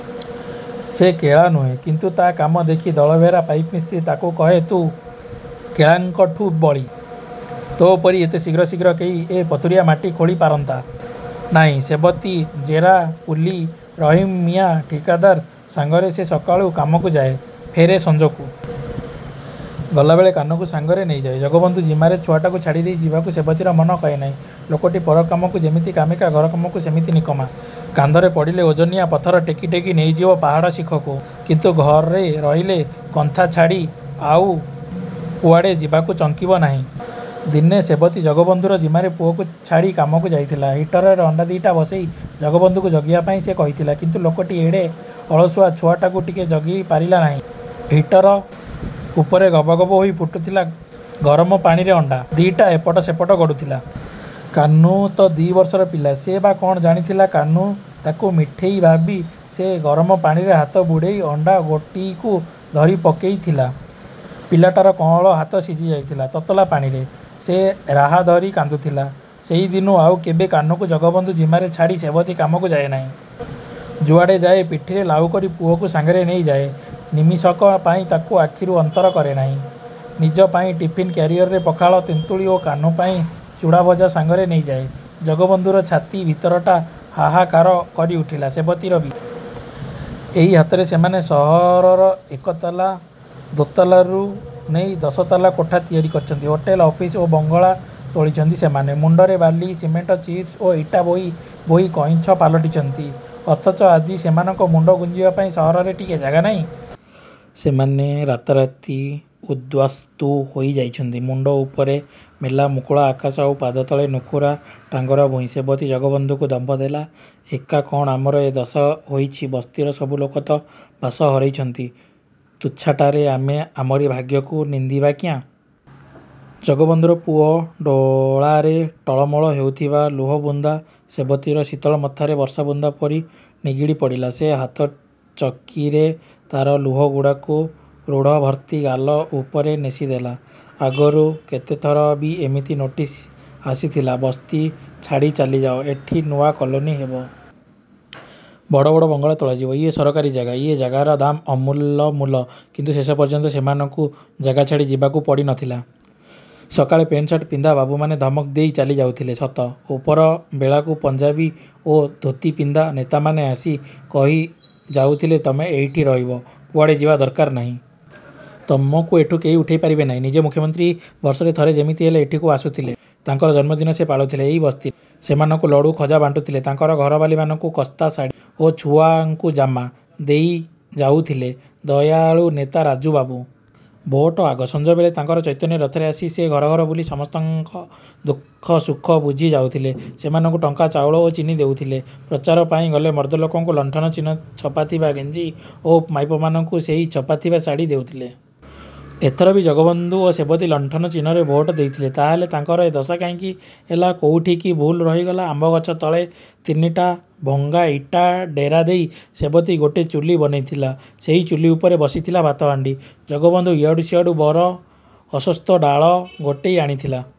ସେ କେଳା ନୁହେଁ, କିନ୍ତୁ ତା କାମ ଦେଖି ଦଳବେହେରା ପାଇପ ମିସ୍ତ୍ରି ତାକୁ କହେ ତୁ କେଳାଙ୍କଠୁଁ ବଳି। ତୋ ପରି ଏତେ ଶୀଘ୍ର ଶୀଘ୍ର କେହି ଏ ପଥୁରିଆ ମାଟି ଖୋଳିପାରନ୍ତା ନାହିଁ। ସେବତୀ ରେଜାକୁଲି। ରହିମ୍ ମିଆଁ ଠିକାଦାର ସାଙ୍ଗରେ ସେ ସକାଳୁ କାମକୁ ଯାଏ, ଫେରେ ସଂଜକୁ। ଗଲାବେଳେ କାହ୍ନୁକୁ ସାଙ୍ଗରେ ନେଇଯାଏ। ଜଗବନ୍ଧୁ ଜିମାରେ ଛୁଆଟାକୁ ଛାଡ଼ିଦେଇ ଯିବାକୁ ସେବତୀର ମନ କହେ ନାହିଁ। ଲୋକଟି ପରକାମକୁ ଯେମିତି କାମିକା, ଘରକାମକୁ ସେମିତି ନିକମା। କାନ୍ଧରେ ପଡ଼ିଲେ ଓଜନିଆ ପଥର ଟେକି ଟେକି ନେଇଯିବ ପାହାଡ଼ ଶିଖକୁ, କିନ୍ତୁ ଘରେ ରହିଲେ କନ୍ଥା ଛାଡ଼ି ଆଉ କୁଆଡ଼େ ଯିବାକୁ ଚଙ୍କିବ ନାହିଁ। ଦିନେ ସେବତୀ ଜଗବନ୍ଧୁର ଜିମାରେ ପୁଅକୁ ଛାଡ଼ି କାମକୁ ଯାଇଥିଲା। ହିଟରରେ ଅଣ୍ଡା ଦିଇଟା ବସେଇ ଜଗବନ୍ଧୁକୁ ଜଗିବା ପାଇଁ ସେ କହିଯାଇଥିଲା। କିନ୍ତୁ ଲୋକଟି ଏଡ଼େ ଅଳସୁଆ, ଛୁଆଟାକୁ ଟିକେ ଜଗି ପାରିଲା ନାହିଁ। ହିଟର୍ ଉପରେ ଗବ ଗବ ହୋଇ ଫୁଟୁଥିଲା ଗରମ ପାଣିରେ ଅଣ୍ଡା ଦିଇଟା ଏପଟ ସେପଟ ଗଡ଼ୁଥିଲା। କାହ୍ନୁ ତ ଦି ବର୍ଷର ପିଲା। ସେ ବା କଣ ଜାଣିଥିଲା? କାହ୍ନୁ ତାକୁ ମିଠେଇ ଭାବି ସେଇ ଗରମ ପାଣିରେ ହାତବୁଡ଼େଇ ଅଣ୍ଡା ଗୋଟିଏକୁ ଧରିପକେଇଥିଲା। ପିଲାଟାର କଆଁଳ ହାତ ସିଝିଯାଇଥିଲା ତତଲା ପାଣିରେ। ସେ ରାହା ଧରି କାନ୍ଦିଥିଲା...। ସେଇଦିନୁ ଆଉ କେବେ କାହ୍ନୁକୁ ଜଗବନ୍ଧୁ ଜିମାରେ ଛାଡ଼ି ସେବତୀ କାମକୁ ଯାଏ ନାହିଁ-। ଯୁଆଡ଼େ ଯାଏ ପିଠିରେ ଲାଉକରି ପୁଅକୁ ସାଂଗରେ ନେଇ ଯାଏ। ନିମିଷକ ପାଇଁ ତାକୁ ଆଖିରୁ ଅନ୍ତର କରେ ନାହିଁ। ନିଜ ପାଇଁ ଟିଫିନ୍ କ୍ୟାରିଅରରେ ପଖାଳ, ତେନ୍ତୁଳି ଓ କାହ୍ନୁ ପାଇଁ ଚୁଡ଼ାଭଜା ସାଙ୍ଗରେ ନେଇଯାଏ। ଜଗବନ୍ଧୁର ଛାତି ଭିତରଟା ହାହାକାର କରିଉଠିଲା। ସେବତୀର ବି। ଏଇ ହାତରେ ସେମାନେ ସହରର ଏକତାଲା, ଦୋତାଲାରୁ ନେଇ ଦଶତାଲା କୋଠା ତିଆରିଛନ୍ତି। ହୋଟେଲ୍, ଅଫିସ୍ ଓ ବଙ୍ଗଳା ତୋଳିଛନ୍ତି ସେମାନେ। ମୁଣ୍ଡରେ ବାଲି, ସିମେଣ୍ଟ, ଚିପ୍ସ ଓ ଇଟା ବୋହି ବୋହି କଇଁଛ ପାଲଟିଛନ୍ତି। ଅଥଚ ଆଜି ସେମାନଙ୍କ ମୁଣ୍ଡ ଗୁଂଜିବା ପାଇଁ ସହରରେ ଟିକେ ଜାଗା ନାହିଁ! ସେମାନେ ରାତାରାତି ଉଦ୍ବାସ୍ତୁ ହୋଇଯାଇଛନ୍ତି। ମୁଣ୍ଡ ଉପରେ ମେଲା ମୁକୁଳା ଆକାଶ ଆଉ ପାଦତଳେ ନୁଖୁରା ଟାଙ୍ଗରା ଭୂଇଁ। ସେବତୀ ଜଗବନ୍ଧୁକୁ ଦମ୍ଭ ଦେଲା, "ଏକା କଣ ଆମର ଏ ଦଶା ହୋଇଛି? ବସ୍ତିର ସବୁଲୋକ ତ ବାସ ହରେଇଛନ୍ତି। ତୁଚ୍ଛାଟାରେ ଆମେ ଆମରି ଭାଗ୍ୟକୁ ନିନ୍ଦିବା କିଆଁ? " ଜଗବନ୍ଧୁର ପୁଅ ଡୋଳାରେ ଟଳମଳ ହେଉଥିବା ଲୁହବୁନ୍ଦା ସେବତୀର ଶୀତଳ କଥାରେ ବର୍ଷାବୁନ୍ଦା ପରି ନିଗିଡ଼ିପଡ଼ିଲା। ସେ ହାତ ଚକିରେ ତାର ଲୁହଗୁଡ଼ାକୁ ରୁଢ଼ଭର୍ତ୍ତି ଗାଲ ଉପରେ ନେସିଦେଲା। ଆଗରୁ କେତେଥର ବି ଏମିତି ନୋଟିସ୍ ଆସିଥିଲା–ବସ୍ତି ଛାଡ଼ି ଚାଲିଯାଅ। ଏଠି ନୂଆ କଲୋନି ହେବ। ବଡ଼ ବଡ଼ ବଙ୍ଗଳା ତୋଳାଯିବ। ଇଏ ସରକାରୀ ଜାଗା, ଏ ଜାଗାର ଦାମ୍ ଅମୂଲ ମୂଲ। କିନ୍ତୁ ଶେଷ ପର୍ଯ୍ୟନ୍ତ ସେମାନଙ୍କୁ ଜାଗା ଛାଡ଼ି ଯିବାକୁ ପଡ଼ିନଥିଲା। ସକାଳେ ପେଣ୍ଟସାର୍ଟ ପିନ୍ଧା ବାବୁମାନେ ଧମକ ଦେଇ ଚାଲି ଯାଉଥିଲେ ସତ, ଉପରବେଳାକୁ ପଞ୍ଜାବି ଓ ଧୋତିପିନ୍ଧା ନେତାମାନେ ଆସି କହିଯାଉଥିଲେ, 'ତମେ ଏଇଠି ରହିବ, କୁଆଡ଼େ ଯିବା ଦରକାର ନାହିଁ। ତମକୁ ଏଠୁ କେହି ଉଠେଇପାରିବ ନାହିଁ। ' ନିଜେ ମୁଖ୍ୟମନ୍ତ୍ରୀ ବର୍ଷରେ ଥରେ ଯେମିତି ହେଲେ ଏଠିକୁ ଆସୁଥିଲେ। ତାଙ୍କର ଜନ୍ମଦିନ ସେ ପାଳୁଥିଲେ ଏଇ ବସ୍ତିରେ। ସେମାନଙ୍କୁ ଲଡୁ ଓ ଗଜା ବାଣ୍ଟୁଥିଲେ, ତାଙ୍କ ଘରବାଲୀମାନଙ୍କୁ କସ୍ତାଶାଢ଼ି ଓ ଛୁଆଙ୍କୁ ଜାମା ଦେଇଯାଉଥିଲେ। ଦୟାଳୁ ନେତା ରାଜୁବାବୁ! ଭୋଟ୍ ଆଗ ସଂଜବେଳେ ତାଙ୍କର ଚୈତନ୍ୟରଥରେ ଆସି ସେ ଘର ଘର ବୁଲି ସମସ୍ତଙ୍କ ଦୁଃଖସୁଖ ବୁଝି ଯାଉଥିଲେ। ସେମାନଙ୍କୁ ଟଙ୍କା, ଚାଉଳ ଓ ଚିନି ଦେଉଥିଲେ। ପ୍ରଚାର ପାଇଁ ଗଲେ ମର୍ଦ୍ଦଲୋକଙ୍କୁ ଲଣ୍ଠନ ଚିହ୍ନ ଛାପାଥିବା ଗେଂଜି ଓ ମାଇପିଲୋକଙ୍କୁ ସେଇ ଛାପାଥିବା ଶାଢ଼ି ଦେଉଥିଲେ। ଏଥର ବି ଜଗବନ୍ଧୁ ଓ ସେବତୀ ଲଣ୍ଠନ ଚିହ୍ନରେ ଭୋଟ୍ ଦେଇଥିଲେ। ତାହାହେଲେ ତାଙ୍କର ଏ ଦଶା କାହିଁକି ହେଲା? କୋଉଠି କି ଭୁଲ୍ ରହିଗଲା? ଆମ୍ବଗଛ ତଳେ ତିନିଟା ଭଙ୍ଗା ଇଟା ଡେରାଦେଇ ସେବତୀ ଗୋଟେ ଚୁଲି ବନେଇଥିଲା। ସେଇ ଚୁଲି ଉପରେ ବସିଥିଲା ଭାତହାଣ୍ଡି। ଜଗବନ୍ଧୁ ଇଆଡ଼ୁ ସିଆଡ଼ୁ ବର, ଅଶ୍ୱତ୍ଥ ଡାଳ ଗୋଟେଇ ଆଣିଥିଲା।